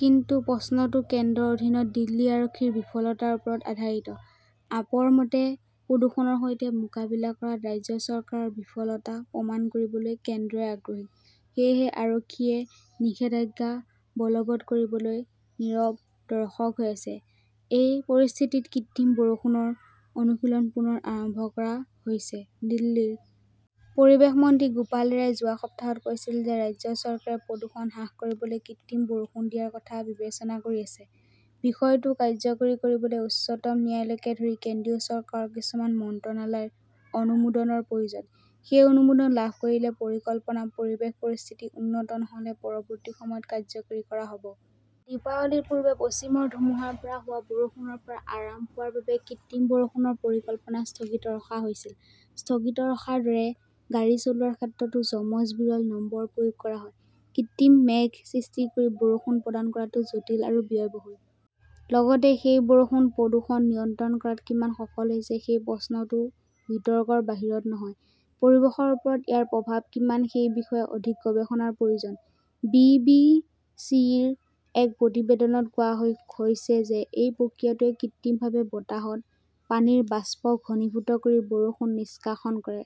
কিন্তু প্ৰশ্নটো কেন্দ্ৰৰ অধীনত দিল্লী আৰক্ষীৰ 'বিফলতা'ৰ ওপৰত আধাৰিত। আপৰ মতে, প্ৰদূষণৰ সৈতে মোকাবিলা কৰাত ৰাজ্য চৰকাৰৰ "বিফলতা" প্ৰমাণ কৰিবলৈ কেন্দ্ৰই আগ্ৰহী। সেয়েহে আৰক্ষীয়ে নিষেধাজ্ঞা বলৱৎ কৰিবলৈ নীৰৱ দৰ্শক হৈ আছে। এই পৰিস্থিতিত কৃত্ৰিম বৰষুণৰ অনুশীলন পুনৰ আৰম্ভ কৰা হৈছে। দিল্লীৰ পৰিৱেশ মন্ত্ৰী গোপাল ৰায়ে যোৱা সপ্তাহত কৈছিল যে ৰাজ্য চৰকাৰে প্ৰদূষণ হ্ৰাস কৰিবলৈ কৃত্ৰিম বৰষুণ দিয়াৰ কথা বিবেচনা কৰি আছে। বিষয়টো কাৰ্যকৰী কৰিবলৈ উচ্চতম ন্যায়ালয়কে ধৰি কেন্দ্ৰীয় চৰকাৰৰ কিছুমান মন্ত্ৰালয়ৰ অনুমোদনৰ প্ৰয়োজন। সেই অনুমোদন লাভ কৰিলে পৰিকল্পনা, পৰিৱেশৰ পৰিস্থিতি উন্নত নহ'লে পৰৱৰ্তী সময়ত কাৰ্যকৰী কৰা হ'ব। দীপাৱলীৰ পূৰ্বে পশ্চিমৰ ধুমুহাৰ পৰা হোৱা বৰষুণৰ পৰা আৰাম পোৱাৰ বাবে কৃত্ৰিম বৰষুণৰ পৰিকল্পনা স্থগিত ৰখা হৈছিল। স্থগিত ৰখাৰ দৰে গাড়ী চলোৱাৰ ক্ষেত্ৰতো যমজ-বিৰল নম্বৰ প্ৰয়োগ কৰা হয়। কৃত্ৰিম মেঘ সৃষ্টি কৰি বৰষুণ প্ৰদান কৰাটো জটিল আৰু ব্যয়বহুল। লগতে সেই বৰষুণ প্ৰদূষণ নিয়ন্ত্ৰণ কৰাত কিমান সফল হৈছে সেই প্ৰশ্নটোও বিতৰ্কৰ বাহিৰত নহয়। পৰিৱেশৰ ওপৰত ইয়াৰ প্ৰভাৱ কিমান সেই বিষয়ে অধিক গৱেষণাৰ প্ৰয়োজন। বি. বি. চি. -ৰ এক প্ৰতিবেদনত কোৱা হৈছে যে এই প্ৰক্ৰিয়াটোৱে কৃত্ৰিমভাৱে বতাহত পানীৰ বাষ্প ঘনীভূত কৰি বৰষুণ নিষ্কাশন কৰে।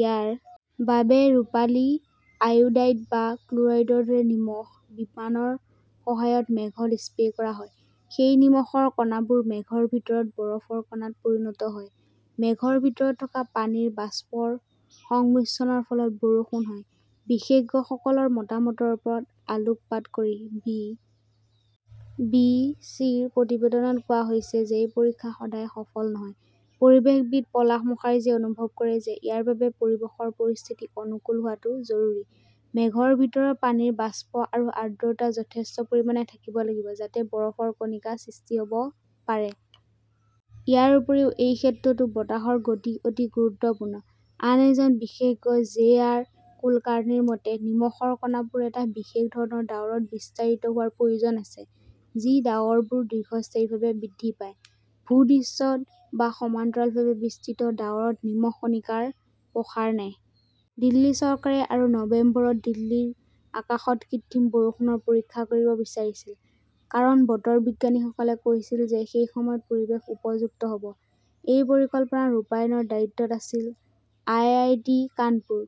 ইয়াৰ বাবে ৰূপালী আয়োডাইড বা ক্ল'ৰাইডৰ দৰে 'নিমখ' বিমানৰ সহায়ত মেঘত স্প্ৰে কৰা হয়। সেই নিমখৰ কণাবোৰ মেঘৰ ভিতৰত বৰফৰ কণাত পৰিণত হয়। মেঘৰ ভিতৰত থকা পানীৰ বাষ্পৰ সংমিশ্ৰণৰ ফলত বৰষুণ হয়। বিশেষজ্ঞসকলৰ মতামতৰ ওপৰত আলোকপাত কৰি বি. বি. চি. -ৰ প্ৰতিবেদনত কোৱা হৈছে যে এই পৰীক্ষা সদায় সফল নহয়। পৰিৱেশবিদ পলাশ মুখাৰ্জীয়ে অনুভৱ কৰে যে ইয়াৰ বাবে পৰিৱেশৰ পৰিস্থিতি অনুকূল হোৱাটো জৰুৰী। মেঘৰ ভিতৰৰ পানীৰ বাষ্প আৰু আৰ্দ্ৰতা যথেষ্ট পৰিমাণে থাকিব লাগিব, যাতে বৰফৰ কণিকা সৃষ্টি হ'ব পাৰে। ইয়াৰ উপৰিও এই ক্ষেত্ৰতো বতাহৰ গতি অতি গুৰুত্বপূৰ্ণ। আন এজন বিশেষজ্ঞ জে. আৰ. কুলকাৰ্ণীৰ মতে, নিমখৰ কণাবোৰ এটা বিশেষ ধৰণৰ ডাৱৰত বিস্তাৰিত হোৱাৰ প্ৰয়োজন আছে, যি ডাৱৰবোৰ দীৰ্ঘস্থায়ীভাৱে বৃদ্ধি পায়। ভূ-দৃশ্যত বা সমান্তৰালভাৱে বিস্তৃত ডাৱৰত নিমখ কণিকাৰ প্ৰসাৰ নাই। দিল্লী চৰকাৰে আৰু নৱেম্বৰত দিল্লীৰ আকাশত কৃত্ৰিম বৰষুণৰ পৰীক্ষা কৰিব বিচাৰিছিল। কাৰণ, বতৰ বিজ্ঞানীসকলে কৈছিল যে সেই সময়ত পৰিৱেশ উপযুক্ত হ'ব। এই পৰিকল্পনাৰ ৰূপায়ণৰ দায়িত্বত আছিল আইআইটি কানপুৰ।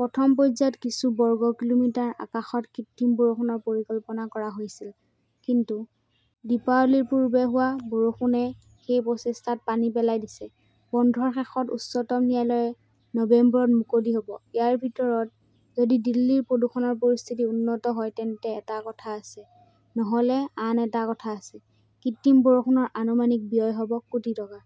প্ৰথম পৰ্যায়ত কিছু বৰ্গ কিলোমিটাৰ আকাশত কৃত্ৰিম বৰষুণৰ পৰিকল্পনা কৰা হৈছিল। কিন্তু দীপাৱলীৰ পূৰ্বে হোৱা বৰষুণে সেই প্ৰচেষ্টাত পানী পেলাই দিছে। বন্ধৰ শেষত উচ্চতম ন্যায়ালয় নৱেম্বৰত মুকলি হ'ব। ইয়াৰ ভিতৰত, যদি দিল্লীৰ প্ৰদূষণৰ পৰিস্থিতি উন্নত হয় তেন্তে এটা কথা আছে, নহ'লে আন এটা কথা আছে। কৃত্ৰিম বৰষুণৰ আনুমানিক ব্যয় হ'ব কোটি টকা।